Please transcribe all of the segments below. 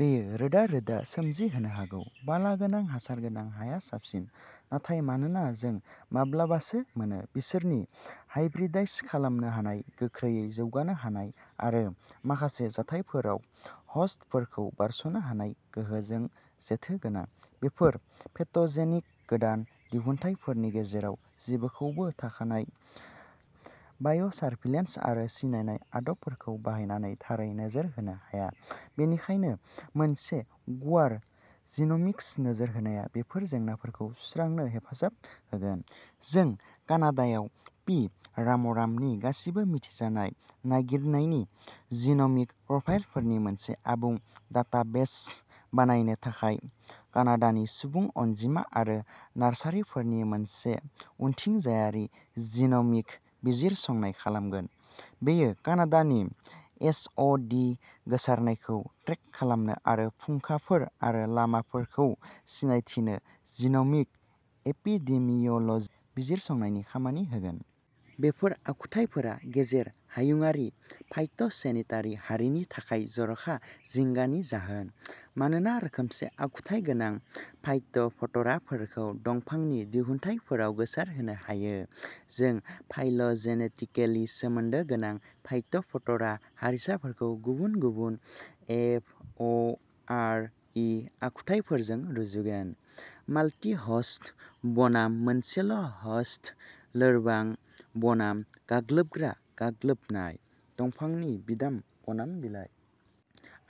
बेयो रोदा-रोदा सोमजिहोनो हागौ। बालागोनां हासार गोनां हाया साबसिन, नाथाय मानोना जों माब्लाबासो मोनो। बिसोरनि हाइब्रिदाइज खालामनो हानाय, गोख्रैयै जौगानो हानाय आरो माखासे जाथायफोराव हस्टफोरखौ बारस'नो हानाय गोहोजों जेथो गोनां। बेफोर पेथ'जेनिक गोदान दिहुनथायफोरनि गेजेराव जेबोखौबो थाखानाय बाय'सार्भिलेन्स आरो सिनायनाय आदबफोरखौ बाहायनानै थारै नोजोर होनो हाया, बेनिखायनो मोनसे गुवार जिन'मिक्स नोजोर होनाया बेफोर जेंनाफोरखौ सुस्रांनो हेफाजाब होगोन। जों कानाडायाव पि. राम'रामनि गासिबो मिथिजानाय नागिरनायनि जिन'मिक प्रफाइलफोरनि मोनसे आबुं डाटाबेस बानायनो थाखाय कानाडानि सुबुं अनजिमा आरो नार्सारिफोरनि मोनसे उनथिंजायारि जिन'मिक बिजिरसंनाय खालामगोन। बेयो कानाडानि एस. अ. डि. गोसारनायखौ ट्रेक खालामनो आरो फुंखाफोर आरो लामाफोरखौ सिनायथिनो जिन'मिक एपिडेमिय'ल'जि बिजिरसंनायनि खामानि होगोन। बेफोर आखुथायफोरा गेजेर हायुंआरि फाइट'सेनिटारि हारिनि थाखाय जर'खा जिंगानि जाहोन, मानोना रोखोमसे आखुथाय गोनां फाइट'फथ'राफोरखौ दंफांनि दिहुनथायफोराव गोसारहोनो हायो। जों फाइल'जेनेटिकेलि सोमोन्दो गोनां फाइट'फथ'रा हारिसाफोरखौ गुबुन गुबुन एफ. अ '. आर. इ. आखुथायफोरजों रुजुगोनः माल्टि ह'स्ट बनाम मोनसेल'ह'स्ट, लोरबां बनाम गाग्लोबग्रा गाग्लोबनाय, दंफांनि बिदाम बनाम बिलाइ।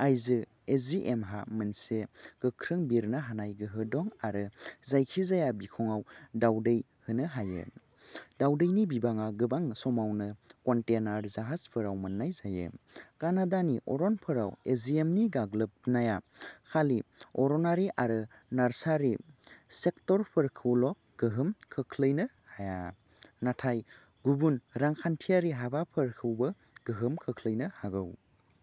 आइजो एजिएमहा मोनसे गोख्रों बिरनो हानाय गोहो दं आरो जायखिजाया बिखंआव दावदै होनो हायो; दावदैनि बिबाङा गोबां समावनो कन्टेनार जाहाजफोराव मोननाय जायो। कानाडानि अरनफोराव एजिएमनि गाग्लोबनाया खालि अरनारि आरो नार्सारि सेक्टरफोरखौल'गोहोम खोख्लैनो हाया, नाथाय गुबुन रांखान्थियारि हाबाफोरखौबो गोहोम खोख्लैनो हागौ।